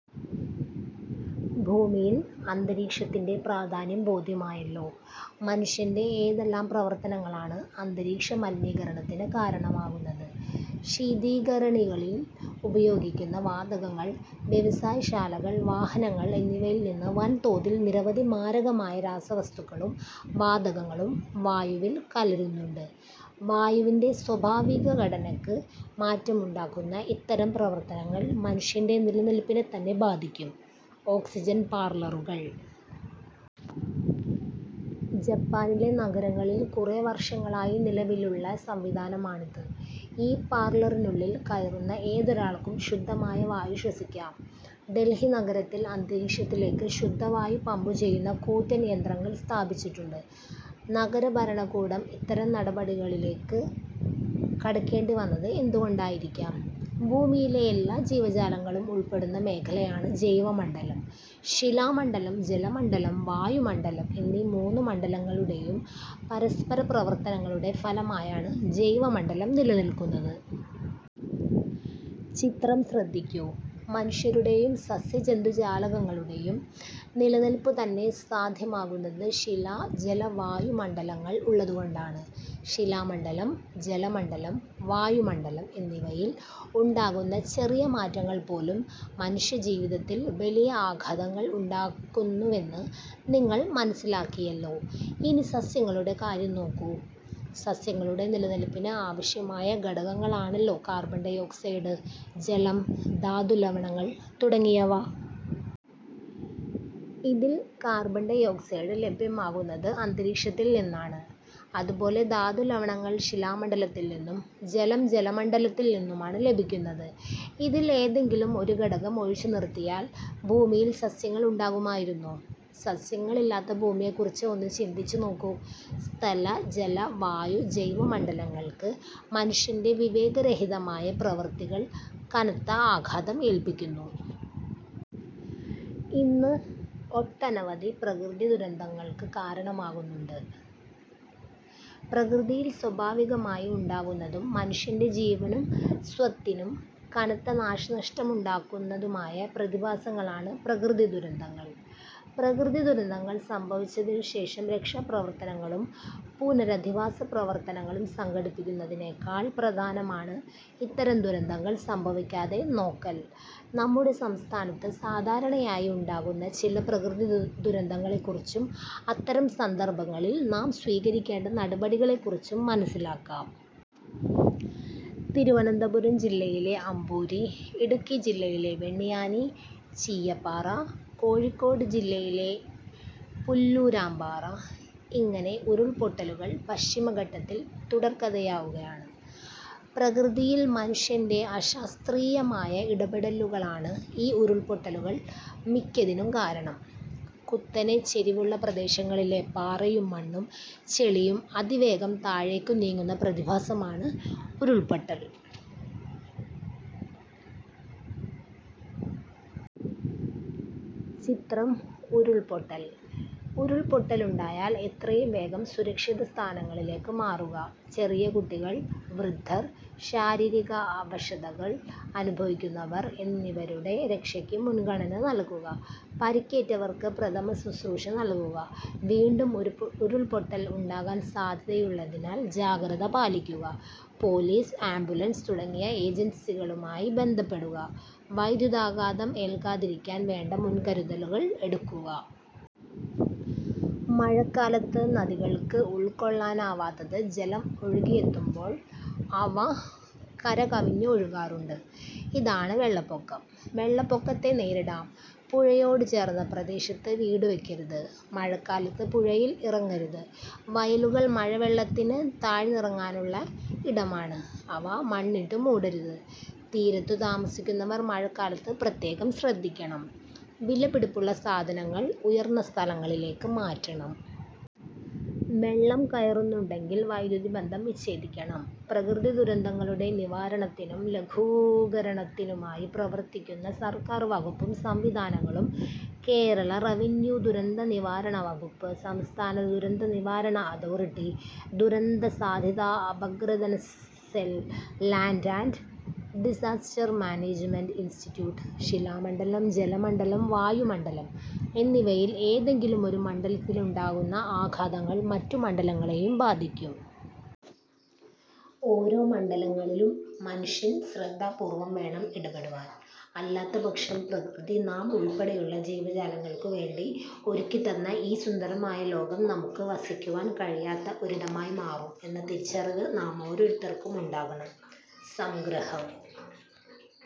ഭൂമിയിൽ അന്തരീക്ഷത്തിന്റെ പ്രാധാന്യം ബോധ്യമായല്ലോ. മനുഷ്യന്റെ ഏതെല്ലാം പ്രവർത്തനങ്ങളാണ് അന്തരീക്ഷ മലിനീകരണത്തിന് കാരണമാകുന്നത്? ശീതീകരണികളിൽ ഉപയോഗിക്കുന്ന വാതകങ്ങൾ വ്യവസായശാലകൾ, വാഹനങ്ങൾ എന്നിവയിൽനിന്ന് വൻതോതിൽ നിരവധി മാരകമായ രാസവസ്തുക്കളും വാതകങ്ങളും വായുവിൽ കലരുന്നുണ്ട്. വായുവിന്റെ സ്വാഭാവികഘടനയ്ക്ക് മാറ്റമുണ്ടാക്കുന്ന ഇത്തരം പ്രവർത്തനങ്ങൾ മനുഷ്യന്റെ നിലനിൽപ്പിനെത്തന്നെ ബാധിക്കും. ഓക്സിജൻ പാർലറുകൾ! ജപ്പാനിലെ നഗരങ്ങളിൽ കുറെ വർഷങ്ങളായി നിലവിലുള്ള സംവിധാനമാണിത്. ഈ പാർലറിനുള്ളിൽ കയറുന്ന ഏതൊരാൾക്കും ശുദ്ധമായ വായു ശ്വസിക്കാം. ഡൽഹി നഗരത്തിൽ അന്തരീക്ഷത്തിലേക്ക് ശുദ്ധവായു പമ്പുചെയ്യുന്ന കൂറ്റൻ യന്ത്രങ്ങൾ സ്ഥാപിച്ചിട്ടുണ്ട്. നഗരഭരണകൂടം ഇത്തരം നടപടികളിലേക്ക് കടക്കേണ്ടിവന്നത് എന്തുകൊണ്ടായിരിക്കാം? ഭൂമിയിലെ എല്ലാ ജീവജാലങ്ങളും ഉൾപ്പെടുന്ന മേഖലയാണ് ജൈവമണ്ഡലം. ശിലാമണ്ഡലം, ജലമണ്ഡലം, വായുമണ്ഡലം എന്നീ മൂന്ന് മണ്ഡലങ്ങളുടെയും പരസ്പരപ്രവർത്തനങ്ങളുടെ ഫലമായാണ് ജൈവമണ്ഡലം നിലനിൽക്കുന്നത്. ചിത്രം ശ്രദ്ധിക്കു. മനുഷ്യരുടെയും സസ്യജന്തുജാലങ്ങളുടെയും നിലനിൽപ്പുതന്നെ സാധ്യമാകുന്നത് ശിലാ ജല-വായു മണ്ഡലങ്ങൾ ഉള്ളതുകൊണ്ടാണ്. ശിലാമണ്ഡലം, ജലമണ്ഡലം, വായുമണ്ഡലം എന്നിവയിൽ ഉണ്ടാകുന്ന ചെറിയ മാറ്റങ്ങൾപോലും മനുഷ്യജീവിതത്തിൽ വലിയ ആഘാതങ്ങൾ ഉണ്ടാക്കുന്നുവെന്ന് നിങ്ങൾ മനസ്സിലാക്കിയല്ലോ. ഇനി സസ്യങ്ങളുടെ കാര്യം നോക്കു. സസ്യങ്ങളുടെ നിലനിൽപ്പിന് ആവശ്യമായ ഘടകങ്ങളാണല്ലോ കാർബൺ ഡൈ ഓക്സൈഡ്, ജലം, ധാതുലവണങ്ങൾ തുടങ്ങിയവ. ഇതിൽ കാർബൺ ഡൈഓക്സൈഡ് ലഭ്യമാകുന്നത്അ ന്തരീക്ഷത്തിൽനിന്നാണ്. അതുപോലെ ധാതുലവണങ്ങൾ ശിലാമണ്ഡലത്തിൽനിന്നും ജലം ജലമണ്ഡലത്തിൽ നിന്നുമാണ് ലഭിക്കുന്നത്. ഇതിൽ ഏതെങ്കിലും ഒരു ഘടകം ഒഴിച്ചുനിർത്തിയാൽ ഭൂമിയിൽ സസ്യങ്ങൾ ഉണ്ടാകുമായിരുന്നോ? സസ്യങ്ങളില്ലാത്ത ഭൂമിയെക്കുറിച്ച് ഒന്നു ചിന്തിച്ചുനോക്കു. സ്ഥല, ജല, വായു, ജൈവമണ്ഡലങ്ങൾക്ക് മനുഷ്യന്റെ വിവേകരഹിതമായ പ്രവൃത്തികൾ കനത്ത ആഘാതം ഏൽപ്പിക്കുന്നു. ഇന്ന് ഒട്ടനവധി പ്രകൃതി ദുരന്തങ്ങൾക്ക് കാരണമാകുന്നുണ്ട്. പ്രകൃതിയിൽ സ്വാഭാവികമായി ഉണ്ടാകുന്നതും മനുഷ്യന്റെ ജീവനും സ്വത്തിനും കനത്ത നാശനഷ്ടമുണ്ടാക്കുന്നതുമായ പ്രതിഭാസങ്ങളാണ് പ്രകൃതിദുരന്തങ്ങൾ. പ്രകൃതിദുരന്തങ്ങൾ സംഭവിച്ചതിനുശേഷം രക്ഷാപ്രവർത്തനങ്ങളും പുനരധിവാസ പ്രവർത്തനങ്ങളും സംഘടിപ്പിക്കുന്നതിനേക്കാൾ പ്രധാനമാണ് ഇത്തരം ദുരന്തങ്ങൾ സംഭവിക്കാതെ നോക്കൽ. നമ്മുടെ സംസ്ഥാനത്ത് സാധാരണയായി ഉണ്ടാകുന്ന ചില പ്രകൃതിദുരന്തങ്ങളെക്കുറിച്ചും അത്തരം സന്ദർഭങ്ങളിൽ നാം സ്വീകരിക്കേണ്ട നടപടികളെക്കുറിച്ചും മനസ്സിലാക്കാം. തിരുവനന്തപുരം ജില്ലയിലെ അമ്പൂരി, ഇടുക്കി ജില്ലയിലെ വെണ്ണിയാനി, ചീയപ്പാറ, കോഴിക്കോട് ജില്ലയിലെ പുല്ലൂരാമ്പാറ ഇങ്ങനെ ഉരുൾപൊട്ടലുകൾ പശ്ചിമഘട്ടത്തിൽ തുടർക്കഥയാവുകയാണ്. പ്രകൃതിയിൽ മനുഷ്യന്റെ അശാസ്ത്രീയമായ ഇടപെടലുകളാണ് ഈ ഉരുൾപൊട്ടലുകൾ മിക്കതിനും കാരണം. കുത്തനെ ചരിവുള്ള പ്രദേശങ്ങളിലെ പാറയും മണ്ണും ചെളിയും അതിവേഗം താഴേക്കു നീങ്ങുന്ന പ്രതിഭാസമാണ് ഉരുൾപൊട്ടൽ. ചിത്രം ഉരുൾപൊട്ടൽ. ഉരുൾപൊട്ടലുണ്ടായാൽ എത്രയും വേഗം സുരക്ഷിതസ്ഥാനങ്ങളിലേക്ക് മാറുക. ചെറിയ കുട്ടികൾ, വൃദ്ധർ, ശാരീരിക അവശതകൾ അനുഭവിക്കുന്നവർ എന്നിവരുടെ രക്ഷയ്ക്ക് മുൻഗണന നൽകുക. പരിക്കേറ്റവർക്ക് പ്രഥമശുശ്രൂഷ നൽകുക. വീണ്ടും ഉരുൾപൊട്ടൽ ഉണ്ടാകാൻ സാധ്യതയുള്ളതിനാൽ ജാഗ്രത പാലിക്കുക. പോലീസ്, ആംബുലൻസ് തുടങ്ങിയ ഏജൻസികളുമായി ബന്ധപ്പെടുക. വൈദ്യുതാഘാതം ഏൽക്കാതിരിക്കാൻ വേണ്ട മുൻകരുതലുകൾ എടുക്കുക. മഴക്കാലത്ത് നദികൾക്ക് ഉൾക്കൊള്ളാനാവാത്തത് ജലം ഒഴുകിയെത്തുമ്പോൾ അവ കര കവിഞ്ഞ് ഒഴുകാറുണ്ട്. ഇതാണ് വെള്ളപ്പൊക്കം. വെളളപ്പൊക്കത്തെ നേരിടാം. പുഴയോടുചേർന്ന പ്രദേശത്ത് വീടുവയ്ക്കരുത്. മഴക്കാലത്ത് പുഴയിൽ ഇറങ്ങരുത്. വയലുകൾ മഴവെള്ളത്തിന് താഴ്ന്നിറങ്ങാനുള്ള ഇടമാണ്. അവ മണ്ണിട്ടുമൂടരുത്. തീരത്തു താമസിക്കുന്നവർ മഴക്കാലത്ത് പ്രത്യേകം ശ്രദ്ധിക്കണം. വിലപിടിപ്പുള്ള സാധനങ്ങൾ ഉയർന്ന സ്ഥലങ്ങളിലേക്ക് മാറ്റണം. വെള്ളം കയറുന്നുണ്ടെങ്കിൽ വൈദ്യുതിബന്ധം വിച്ഛേദിക്കണം. പ്രകൃതിദുരന്തങ്ങളുടെ നിവാരണത്തിനും ലഘൂകരണത്തിനുമായി പ്രവർത്തിക്കുന്ന സർക്കാർ വകുപ്പും സംവിധാനങ്ങളും- കേരള റവന്യൂ-ദുരന്തനിവാരണ വകുപ്പ്, സംസ്ഥാന ദുരന്തനിവാരണ അതോറിറ്റി, ദുരന്ത സാധ്യതാ അപഗ്രഥന cell, land & disaster management institute. ശിലാമണ്ഡലം, ജലമണ്ഡലം, വായുമണ്ഡലം എന്നിവയിൽ ഏതെങ്കിലുമൊരു മണ്ഡലത്തിലുണ്ടാകുന്ന ആഘാതങ്ങൾ മറ്റു മണ്ഡലങ്ങളെയും ബാധിക്കും. ഓരോ മണ്ഡലങ്ങളിലും മനുഷ്യൻ ശ്രദ്ധാപൂർവ്വം വേണം ഇടപെടുവാൻ. അല്ലാത്തപക്ഷം പ്രകൃതി നാം ഉൾപ്പെടെയുള്ള ജീവജാലങ്ങൾക്കു വേണ്ടി ഒരുക്കിത്തന്ന ഈ സുന്ദരമായ ലോകം നമുക്ക് വസിക്കുവാൻ കഴിയാത്ത ഒരിടമായി മാറും എന്ന തിരിച്ചറിവ് നാമോരോരുത്തർക്കും ഉണ്ടാകണം. സംഗ്രഹം-